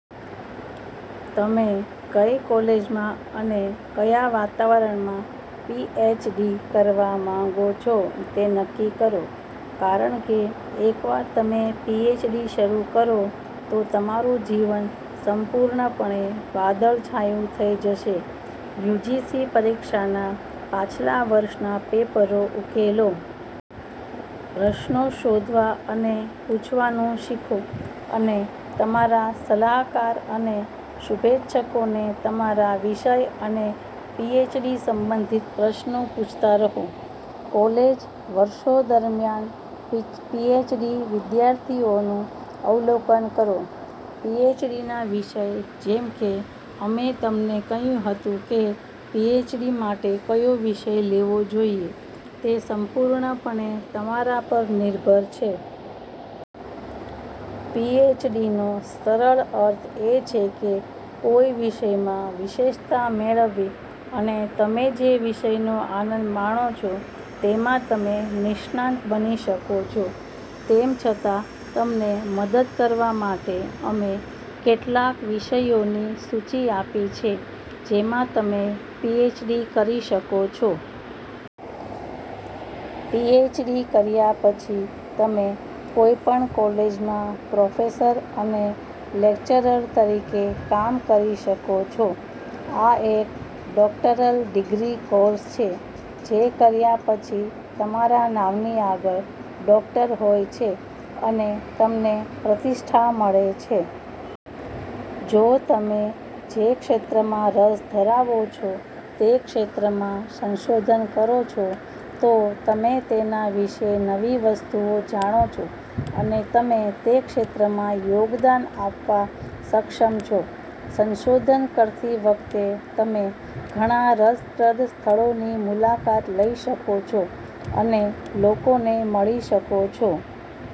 તમે કઈ કોલેજમાં અને કયા વાતાવરણમાં પીએચડી કરવા માંગો છો તે નક્કી કરો. કારણ કે એકવાર તમે પીએચડી શરૂ કરો તો તમારું જીવન સંપૂર્ણપણે વાદળછાયું થઈ જશે. યુજીસી પરીક્ષાના પાછલા વર્ષના પેપરો ઉકેલો. પ્રશ્નો શોધવા અને પૂછવાનું શીખો. અને તમારા સલાહકાર અને શુભેચ્છકોને તમારા વિષય અને પીએચડી સંબંધિત પ્રશ્નો પૂછતા રહો. કૉલેજ વર્ષો દરમિયાન પીએચડી વિદ્યાર્થીઓનું અવલોકન કરો. પીએચડી ના વિષય જેમ કે અમે તમને કહ્યું હતું કે પીએચડી માટે કયો વિષય લેવો જોઈએ, તે સંપૂર્ણપણે તમારા પર નિર્ભર છે. પીએચડીનો સરળ અર્થ એ છે કે કોઈ વિષયમાં વિશેષતા મેળવવી. અને તમે જે વિષયનો આનંદ માણો છો તેમાં તમે નિષ્ણાત બની શકો છો. તેમ છતાં, તમને મદદ કરવા માટે, અમે કેટલાક વિષયોની સૂચિ આપી છે જેમાં તમે પીએચડી કરી શકો છો. પીએચડી કર્યા પછી, તમે કોઈપણ કોલેજમાં પ્રોફેસર અને લેક્ચરર તરીકે કામ કરી શકો છો. આ એક ડોક્ટરલ ડિગ્રી કોર્સ છે, જે કર્યા પછી તમારા નામની આગળ ડોક્ટર હોય છે અને તમને પ્રતિષ્ઠા મળે છે. જો તમે જે ક્ષેત્રમાં રસ ધરાવો છો તે ક્ષેત્રમાં સંશોધન કરો છો, તો તમે તેના વિશે નવી વસ્તુઓ જાણો છો અને તમે તે ક્ષેત્રમાં યોગદાન આપવા સક્ષમ છો. સંશોધન કરતી વખતે, તમે ઘણા રસપ્રદ સ્થળોની મુલાકાત લઈ શકો છો અને લોકોને મળી શકો છો.